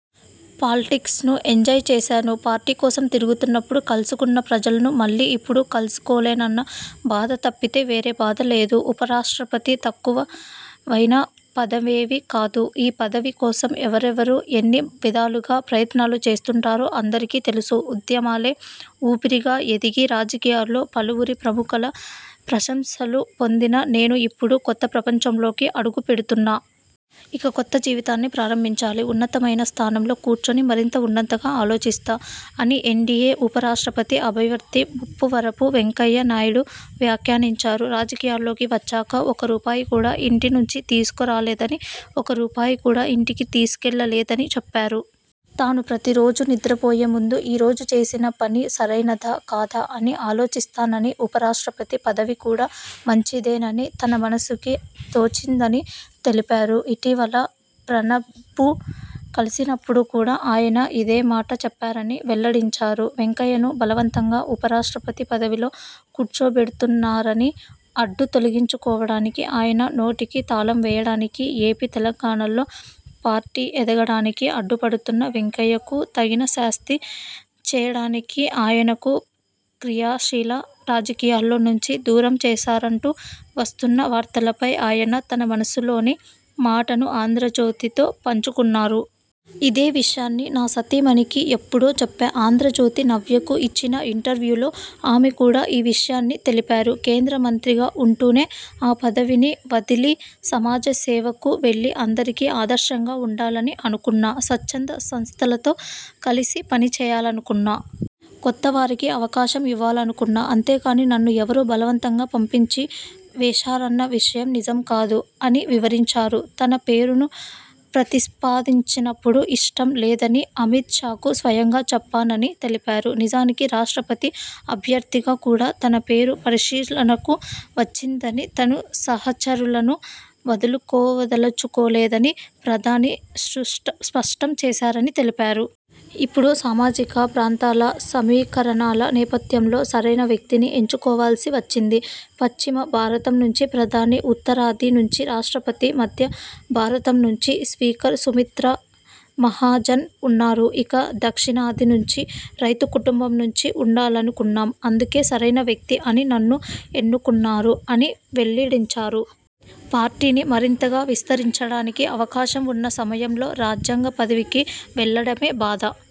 Politics ను enjoy చేశాను. Party కోసం తిరిగినప్పుడు కలుసుకున్న ప్రజలను మళ్లీ ఇప్పుడు కలుసుకోలేనన్న బాధ తప్పితే వేరే బాధ లేదు. ఉప రాష్ట్రపతి తక్కువైన పదవేమీ కాదు. ఈ పదవి కోసం ఎవరెవరు ఎన్ని విధాలుగా ప్రయత్నాలు చేస్తుంటారో అందరికీ తెలుసు. ఉద్యమాలే ఊపిరిగా ఎదిగి, రాజకీయాల్లో పలువురి ప్రముఖుల ప్రశంసలు పొందిన నేను ఇప్పుడు కొత్త ప్రపంచంలోకి అడుగు పెడుతున్నా. ఇక కొత్త జీవితాన్ని ప్రారంభించాలి. ఉన్నతమైన స్థానంలో కూర్చొని మరింత ఉన్నతంగా ఆలోచిస్తా'' అని ఎన్డీయే ఉప రాష్ట్రపతి అభ్యర్థి ముప్పవరపు వెంకయ్య నాయుడు వ్యాఖ్యానించారు. రాజకీయాల్లోకి వచ్చాక ఒక్క రూపాయి కూడా ఇంటి నుంచి తీసుకురాలేదని, ఒక్క రూపాయి కూడా ఇంటికి తీసుకెళ్లలేదని చెప్పారు. తాను ప్రతిరోజూ నిద్రపోయే ముందు ఈరోజు చేసిన పని సరైనదా? కాదా? అని ఆలోచిస్తానని, ఉప రాష్ట్రపతి పదవి కూడా మంచిదేనని తన మనసుకి తోచిందని తెలిపారు. ఇటీవల ప్రణబ్ను కలిసినప్పుడు కూడా ఆయన ఇదే మాట చెప్పారని వెల్లడించారు. వెంకయ్యను బలవంతంగా ఉప రాష్ట్రపతి పదవిలో కూర్చోబెడుతున్నారని, అడ్డు తొలగించుకోవడానికి, ఆయన నోటికి తాళం వేయడానికి, ఏపీ, తెలంగాణల్లో పార్టీ ఎదగడానికి అడ్డు పడుతున్న వెంకయ్యకు తగిన శాస్తి చేయడానికే ఆయనను క్రియాశీల రాజకీయాల్లో నుంచి దూరం చేశారంటూ వస్తున్న వార్తలపై ఆయన తన మనసులోని మాటను 'ఆంధ్రజ్యోతి'తో పంచుకున్నారు. ఇదే విషయాన్ని నా సతీమణికి ఎప్పుడో చెప్పా. 'ఆంధ్రజ్యోతి' నవ్యకు ఇచ్చిన ఇంటర్యూలో ఆమె కూడా ఈ విషయాన్ని తెలిపారు. కేంద్ర మంత్రిగా ఉంటూనే ఆ పదవిని వదిలి సమాజ సేవకు వెళ్లి అందరికీ ఆదర్శంగా ఉండాలని అనుకున్నా. స్వచ్ఛంద సంస్థలతో కలిసి పని చేయాలనుకున్నా. కొత్తవారికి అవకాశం ఇవ్వాలనుకున్నా. అంతేకానీ, నన్ను ఎవరో బలవంతంగా పంపించి వేశారన్న విషయం నిజం కాదు'' అని వివరించారు. తన పేరును ప్రతిపాదించినప్పుడు ఇష్టం లేదని అమిత్ షాకు స్వయంగా చెప్పానని తెలిపారు. నిజానికి రాష్ట్రపతి అభ్యర్థిగా కూడా తన పేరు పరిశీలనకు వచ్చిందని, తన సహచరులను వదులుకోదలచుకోలేదని ప్రధాని స్పష్టం చేశారని తెలిపారు. ''ఇప్పుడు సామాజిక, ప్రాంతాల సమీకరణాల నేపథ్యంలో సరైన వ్యక్తిని ఎన్నుకోవాల్సి వచ్చింది. పశ్చిమ భారతం నుంచి ప్రధాని, ఉత్తరాది నుంచి రాష్ట్రపతి, మధ్య భారతం నుంచి స్పీకర్ సుమిత్రా మహాజన్ ఉన్నారు. ఇక దక్షిణాది నుంచి రైతు కుటుంబం నుంచి ఉండాలనుకున్నాం. అందుకే సరైన వ్యక్తి అని నన్ను ఎన్నుకున్నారు'' అని వెల్లడించారు. పార్టీని మరింతగా విస్తరించడానికి అవకాశం ఉన్న సమయంలో రాజ్యాంగ పదవికి వెళ్లడమే బాధ